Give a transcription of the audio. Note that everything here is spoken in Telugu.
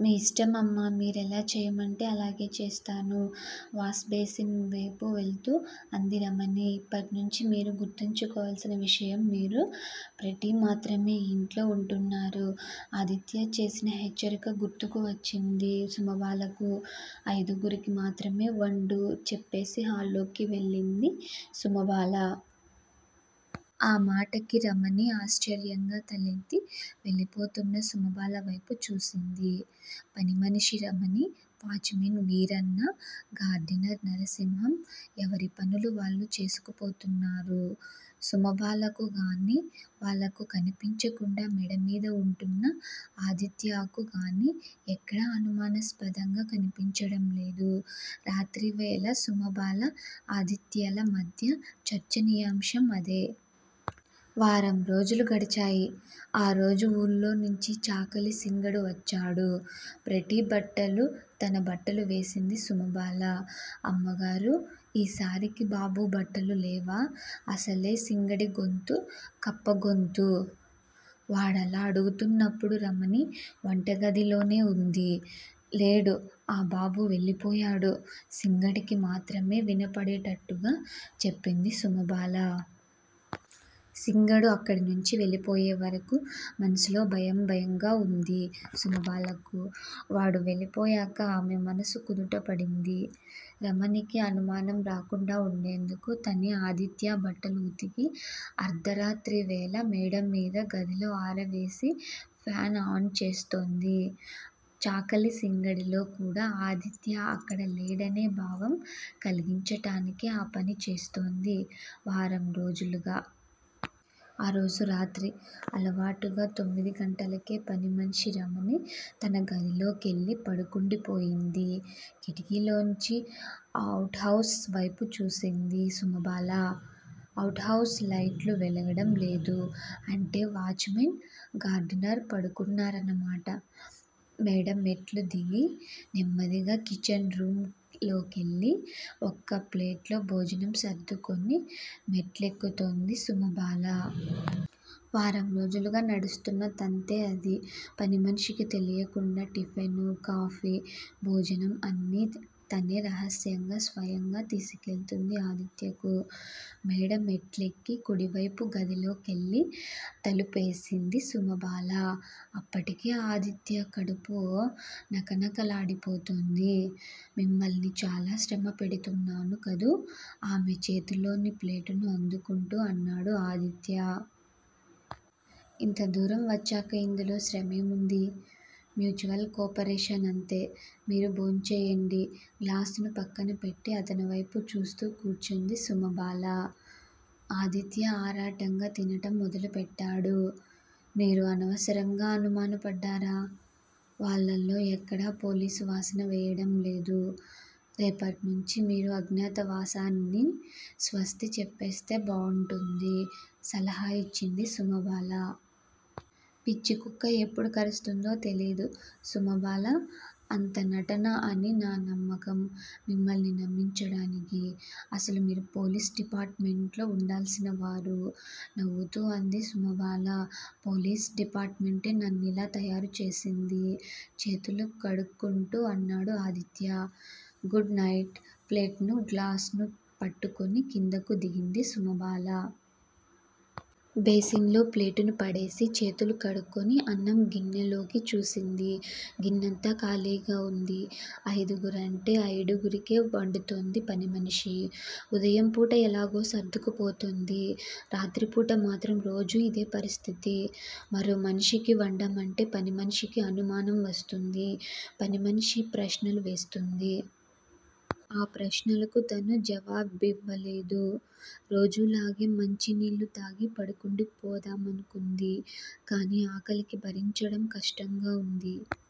మీ ఇష్టమమ్మా మీరెలా చెయ్యమంటే అలాగే చేస్తాను వాష్ బేసిన్ వేపు వెళ్తూ అంది రమణి. ఇప్పట్నించి మీరు గుర్తుంచుకోవాల్సిన విషయం మీరు, ప్రెటీ మాత్రమే ఈ ఇంట్లో వుంటున్నారు. ఆదిత్య చేసిన హెచ్చరిక గుర్తుకు వచ్చింది సుమబాలకు. అయిదుగురికి మాత్రమే వండు చెప్పేసి హాల్లోకి వెళ్ళింది సుమబాల. ఆ మాటకి రమణి ఆశ్చర్యంగా తలెత్తి వెళ్ళిపోతున్న సుమబాల వేపు చూసింది. పనిమనిషి Ramani, watchman Veeranna, gardener Narasimham ఎవరి పనులు వాళ్ళు చేసుకుపోతున్నారు. సుమబాలకు గానీ వాళ్ళకు కనిపించకుండా మేడమీద వుంటున్న ఆదిత్యకుగానీ ఎక్కడా అనుమానాస్పదంగా కనిపించడంలేదు. రాత్రివేళ సుమబాల, ఆదిత్యల మధ్య చర్చనీయాంశం అదే. వారం రోజులు గడిచాయి. ఆ రోజు ఊళ్ళోంచి చాకలి సింగడు వచ్చాడు. ప్రెటీ బట్టలు, తన బట్టలు వేసింది సుమబాల. అమ్మగారూ! ఈసారికి బాబు బట్టలు లేవా అసలే సింగడిగొంతు కప్ప గొంతు. వాడలా అడుగుతున్నప్పుడు రమణి వంటగదిలోనే వుంది. లేడు ఆ బాబు వెళ్ళిపోయాడు సింగడికి మాత్రమే వినపడేటట్టుగా చెప్పింది సుమబాల. సింగడు అక్కడనుంచి వెళ్ళిపోయేవరకూ మనసులో భయం భయంగా వుంది సుమబాలకు. వాడు వెళ్ళిపోయాక ఆమె మనసు కుదుటపడింది. రమణికి అనుమానం రాకుండా వుండేందుకు తనే ఆదిత్య బట్టలు ఉతికి అర్థరాత్రివేళ మేడమీద గదిలో ఆరవేసి ఫ్యాన్ ఆన్ చేస్తోంది. చాకలి సింగడిలో కూడా ఆదిత్య అక్కడ లేడనే భావం కల్గించటానికే ఆ పని చేస్తోంది వారం రోజులుగా. ఆ రోజు రాత్రి. అలవాటుగా తొమ్మిదిగంటలకే పనిమనిషి రమణి తన గదిలోకెళ్ళి పడుకుండిపోయింది. కిటికీలోంచి అవుట్ హౌస్ వేపు చూసింది సుమబాల. అవుట్ హౌస్ లైట్లు వెలగడం లేదు. అంటే వాచ్ మెన్, గార్డినర్ పడుకున్నారన్నమాట. మేడమెట్లు దిగి నెమ్మదిగా కిచెన్ రూమ్ లోకెళ్ళి ఒక ప్లేట్లో భోజనం సర్దుకొని మెట్లెక్కుతోంది సుమబాల. వారం రోజులుగా నడుస్తున్న తంతే అది పనిమనిషికి తెలీకుండా టిఫిను, కాఫీ, భోజనం అన్నీ తనే రహస్యంగా, స్వయంగా తీసికెళ్తోంది ఆదిత్యకు. మేడ మెట్లెక్కి కుడివేపు గదిలోకెళ్ళి తలుపేసింది సుమబాల. అప్పటికే ఆదిత్య కడుపు నకనకలాడిపోతోంది. మిమ్మల్ని చాలా శ్రమ పెడుతున్నాను కదూ ఆమె చేతిలోని ప్లేట్ ను అందుకుంటూ అన్నాడు ఆదిత్య. ఇంత దూరం వచ్చాక ఇందులో శ్రమేం వుంది? మ్యూచవల్ కోపరేషన్ అంతే మీరు భోంచెయ్యండి గ్లాసును పక్కన పెట్టి అతని వేపు చూస్తూ కూర్చుంది సుమబాల. ఆదిత్య ఆరాటంగా తినటం మొదలుపెట్టాడు. మీరు అనవసరంగా అనుమానపడ్డారా? వాళ్ళల్లో ఎక్కడా పోలీసువాసన వెయ్యడంలేదు. రేపట్నించీ మీరు అజ్ఞాతవాసానిని స్వస్తి చెప్పేస్తే బాగుంటుంది సలహా యిచ్చింది సుమబాల. పిచ్చికుక్క ఎప్పుడు కరుస్తుందో తెలీదు సుమబాలా! అంతా నటన అని నా నమ్మకం మిమ్మల్ని నమ్మించడానికి. అసలు మీరు పోలీస్ డిపార్ట్ మెంట్లో వుండాల్సిన వారు నవ్వుతూ అంది సుమబాల. పోలీసు డిపార్టుమెంటే నన్నిలా తయారుచేసింది చేతులు కడుక్కుంటూ అన్నాడు ఆదిత్య. గుడ్ నైట్ ప్లేట్ ను, గ్లాసును పట్టుకుని కిందకు దిగింది సుమబాల. బేసిన్ లో ప్లేటును పడేసి చేతులు కడుక్కొని అన్నం గిన్నెలోకి చూసింది. గిన్నంతా ఖాళీగా వుంది. అయిదుగురంటే అయిడుగురికే వండుతోంది పనిమనిషి. ఉదయంపూట ఎలాగో సర్దుకుపోతోంది. రాత్రిపూట మాత్రం రోజూ యిదే పరిస్థితి మరో మనిషికి వండమంటే పనిమనిషికి అనుమానం వస్తుంది. పనిమనిషి ప్రశ్నలు వేస్తుంది. ఆ ప్రశ్నలకు తను జవాబివ్వలేదు. రోజులాగే మంచినీళ్ళు తాగి పడుకుండిపోదామనుకుంది. కానీ ఆకలికి భరించడం కష్టంగా వుంది.